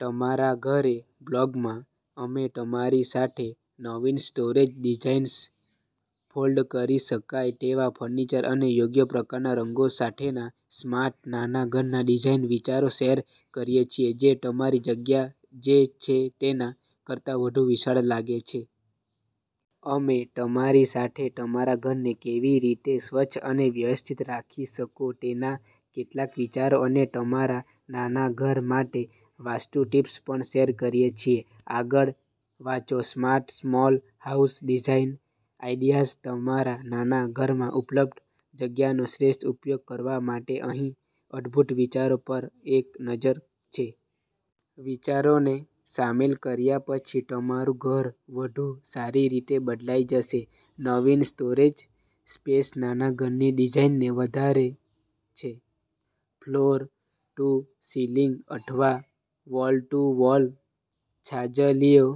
તમારા ઘરે. બ્લોગમાં, અમે તમારી સાથે નવીન સ્ટોરેજ ડિઝાઇન્સ, ફોલ્ડ કરી શકાય તેવા ફર્નિચર અને યોગ્ય પ્રકારના રંગો સાથેના સ્માર્ટ નાના ઘરના ડિઝાઇન વિચારો શેર કરીએ છીએ જે તમારી જગ્યા જે છે તેના કરતા વધુ વિશાળ લાગે છે. અમે તમારી સાથે તમારા ઘરને કેવી રીતે સ્વચ્છ અને વ્યવસ્થિત રાખી શકો તેના કેટલાક વિચારો અને તમારા નાના ઘર માટે વાસ્તુ ટિપ્સ પણ શેર કરીએ છીએ. આગળ વાંચોસ્માર્ટ સ્મોલ હાઉસ ડિઝાઇન આઇડિયાઝ તમારા નાના ઘરમાં ઉપલબ્ધ જગ્યાનો શ્રેષ્ઠ ઉપયોગ કરવા માટે અહીં અદ્ભુત વિચારો પર એક નજર છે. વિચારોને સામેલ કર્યા પછી તમારું ઘર વધુ સારી રીતે બદલાઈ જશે. નવીન સ્ટોરેજ સ્પેસ નાના ઘરની ડિઝાઇનને વધારે છેફ્લોર ટુ સીલિંગ અથવા વોલ ટુ વોલ છાજલીઓ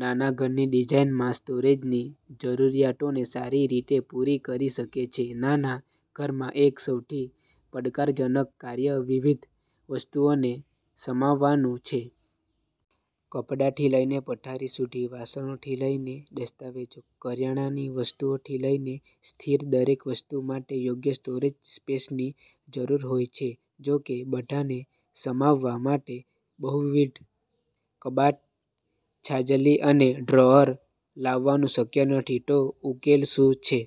નાના ઘરની ડિઝાઇનમાં સ્ટોરેજની જરૂરિયાતોને સારી રીતે પૂરી કરી શકે છે નાના ઘરમાં એક સૌથી પડકારજનક કાર્યવિવિધ વસ્તુઓને સમાવવાનું છે. કપડાંથી લઈને પથારી સુધી, વાસણોથી લઈને દસ્તાવેજો, કરિયાણાની વસ્તુઓથી લઈને સ્થિરદરેક વસ્તુ માટે યોગ્ય સ્ટોરેજ સ્પેસની જરૂર હોય છે. જો કે, બધાને સમાવવા માટે બહુવિધ કબાટ, છાજલી અને ડ્રોઅર લાવવાનું શક્ય નથી. તો, ઉકેલ શું છે?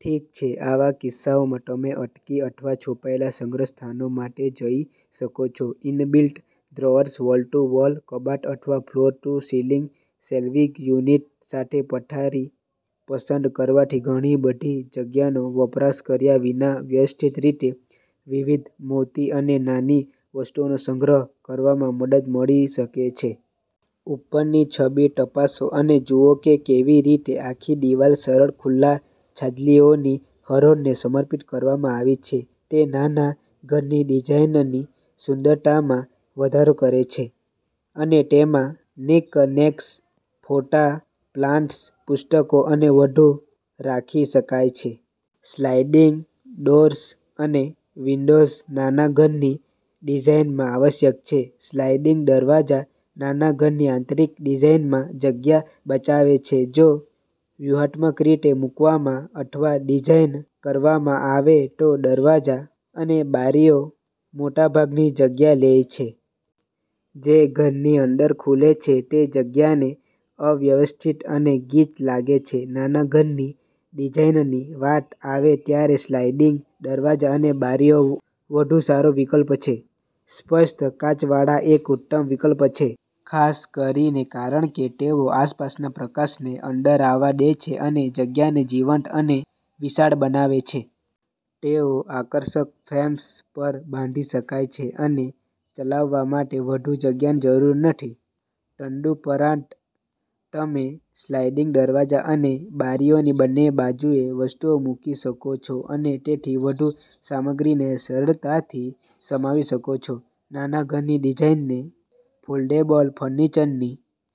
ઠીક છે, આવા કિસ્સાઓમાં, તમે અટકી અથવા છુપાયેલા સંગ્રહ સ્થાનો માટે જઈ શકો છો. Inbuilt drawers, wall to wall કબાટ અથવા floor to ceiling shelving unit સાથે પથારી પસંદ કરવાથી ઘણી બધી જગ્યાનો વપરાશ કર્યા વિના વ્યવસ્થિત રીતે વિવિધ મોટી અને નાની વસ્તુઓનો સંગ્રહ કરવામાં મદદ મળી શકે છે. ઉપરની છબી તપાસો અને જુઓ કે કેવી રીતે આખી દિવાલ સરળ ખુલ્લા છાજલીઓની હરોળને સમર્પિત કરવામાં આવી છે. તે નાના ઘરની ડિઝાઇનની સુંદરતામાં વધારો કરે છે અને તેમાં નિક્કનેક્સ, ફોટા, પ્લાન્ટર્સ, પુસ્તકો અને વધુ રાખી શકાય છે. સ્લાઇડિંગ ડોર્સ અને વિન્ડોઝ નાના ઘરની ડિઝાઇનમાં આવશ્યક છે સ્લાઇડિંગ દરવાજા નાના ઘરની આંતરિક ડિઝાઇનમાં જગ્યા બચાવે છે જો વ્યૂહાત્મક રીતે મૂકવામાં અથવા ડિઝાઇનકરવામાં આવે તો દરવાજા અને બારીઓ મોટાભાગની જગ્યા લે છે. જે ઘરની અંદર ખુલે છે તે જગ્યાને અવ્યવસ્થિત અને ગીચ લાગે છે. નાના ઘરની ડિઝાઇનની વાત આવે ત્યારે સ્લાઇડિંગ દરવાજા અને બારીઓ વધુ સારો વિકલ્પ છે. સ્પષ્ટ કાચવાળા એક ઉત્તમ વિકલ્પ છે, ખાસ કરીને કારણ કે તેઓ આસપાસના પ્રકાશને અંદર આવવા દે છે અને જગ્યાને જીવંત અને વિશાળ બનાવે છે. તેઓ આકર્ષક ફ્રેમ્સ પર બાંધી શકાય છે અને ચલાવવા માટે વધુ જગ્યાની જરૂર નથી. તદુપરાંત, તમે સ્લાઇડિંગ દરવાજા અને બારીઓની બંને બાજુએ વસ્તુઓ મૂકી શકો છો અને તેથી વધુ સામગ્રીને સરળતાથી સમાવી શકો છો. નાના ઘરની ડિઝાઇનને ફોલ્ડેબલ ફર્નિચરની